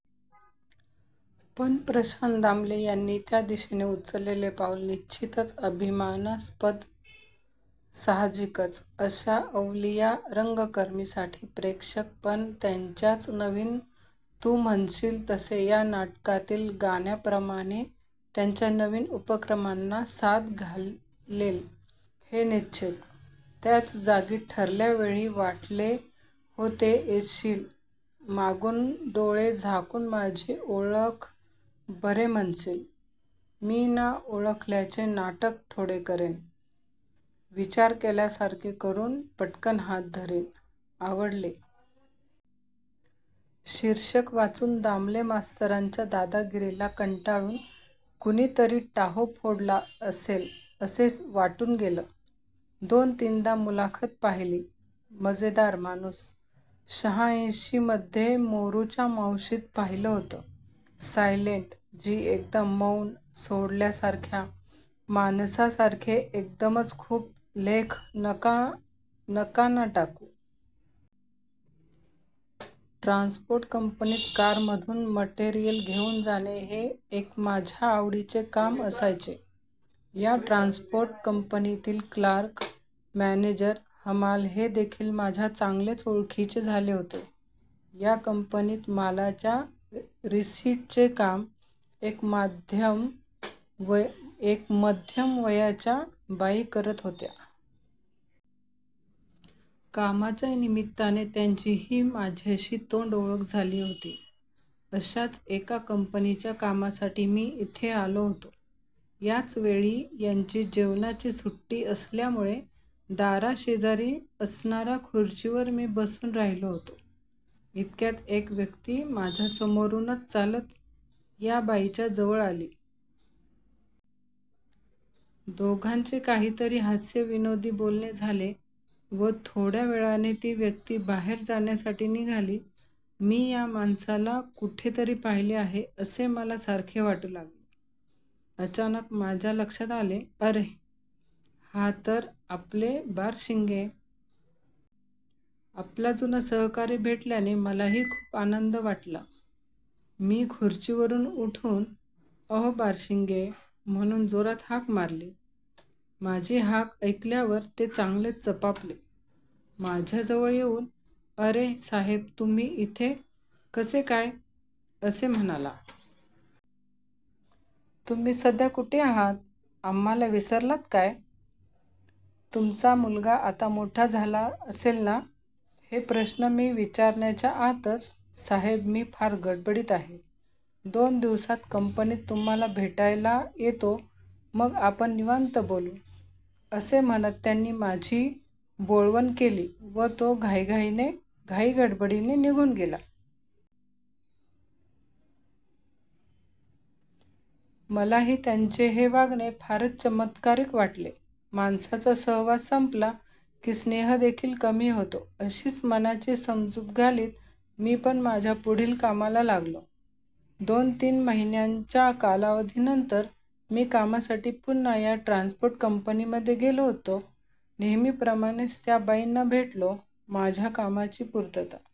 पण प्रशांत दामले यांनी त्या दिशेने उचललेले पाऊल निश्चितच अभिमानास्पद. साहजिकच अशा अवलिया रंगकर्मीसाठी प्रेक्षकपण त्यांच्याच नवीन तू म्हणशील तसे या नाटकातील गाण्याप्रमाणे त्यांच्या नवीन उपक्रमांना साद घालेल हे निश्चित. त्याच जागी ठरल्या वेळी वाटले होते येशील, मागून डोळे झाकून माझे ओळख बरे म्हणशील, मी ना ओळखल्याचे नाटक थोडे करीन, विचार केल्यासारखे करून पटकन हात धरीन, आवडले. शीर्षक वाचून दामले मास्तरांच्या दादागिरीला कंटाळून कुणीतरी टाहो फोडला असेल असं वाटून गेलं. दोनतीनदा मुलाखत पाहिली. मजेदार माणूस. शहाऐंशीमध्ये मोरूच्या मावशीत पाहिलं होतं. सायलेंट जी एकदम मौन सोडल्यासारख्या माणसासारखे एकदमच खूप लेख नका ना टाकू. ट्रान्सपोर्ट कंपनीत कारमधून मटेरियल घेऊन जाणे, हे एक माझ्या आवडीचे काम असायचे. या ट्रान्सपोर्ट कंपनीतील क्लार्क, मॅनेजर, हमाल हे देखील माझ्या चांगलेच ओळखीचे झाले होते. या कंपनीत मालाच्या रिसीटचे काम, एक मध्यम वयाच्या बाई करीत होत्या. कामाच्या निमित्ताने त्यांची ही माझ्याशी तोंडओळख झाली होती. अशाच एका कंपनीच्या कामासाठी मी इथे आलो होतो. याच वेळी यांची जेवणाची सुट्टी असल्यामुळे दाराशेजारी असणाऱ्या खुर्चीवर मी बसून राहिलो होतो. इतक्यात एक व्यक्ती माझ्या समोरूनच चालत या बाईंच्या जवळ आली. दोघांचे काहीतरी हास्यविनोदी बोलणे झाले व थोड्या वेळाने ती व्यक्ती बाहेर जाण्यासाठी निघाली. मी या माणसाला कुठेतरी पाहिले आहे असे मला सारखे वाटू लागले. अचानक माझ्या लक्षात आले, अरे! हा तर आपले बारशिंगे. आपला जुना सहकारी भेटल्याने मलाही खूप आनंद वाटलं. मी खुर्चीवरून उठून, अहो बारशिंगे, म्हणून जोरात हाक मारली. माझी हाक ऐकल्यावर ते चांगलेच चपापले. माझ्याजवळ येऊन, अरे! साहेब तुम्ही इथे कसे काय? असे म्हणाला. तुम्ही सध्या कुठे आहात, आम्हाला विसरलात काय? तुमचा मुलगा आता मोठा झाला असेल ना? हे प्रश्न मी विचारण्याच्या आतच, साहेब मी फार गडबडीत आहे, दोन दिवसांत कंपनीत तुम्हाला भेटायला येतो, मग आपण निवांत बोलू, असे म्हणत त्यांनी माझी बोळवण केली व तो घाईगडबडीने निघून गेला. मलाही त्यांचे हे वागणे फारच चमत्कारिक वाटले. माणसाचा सहवास संपला की स्नेहदेखील कमी होतो अशी मनाची समजूत घालीत मी पण माझ्या पुढील कामाला लागलो. दोन-तीन महिन्यांच्या कालावधीनंतर मी कामासाठी पुन्हा या ट्रान्सपोर्ट कंपनीमध्ये गेलो होतो. नेहमीप्रमाणेच त्या बाईंना भेटलो, माझ्या कामाची पूर्तता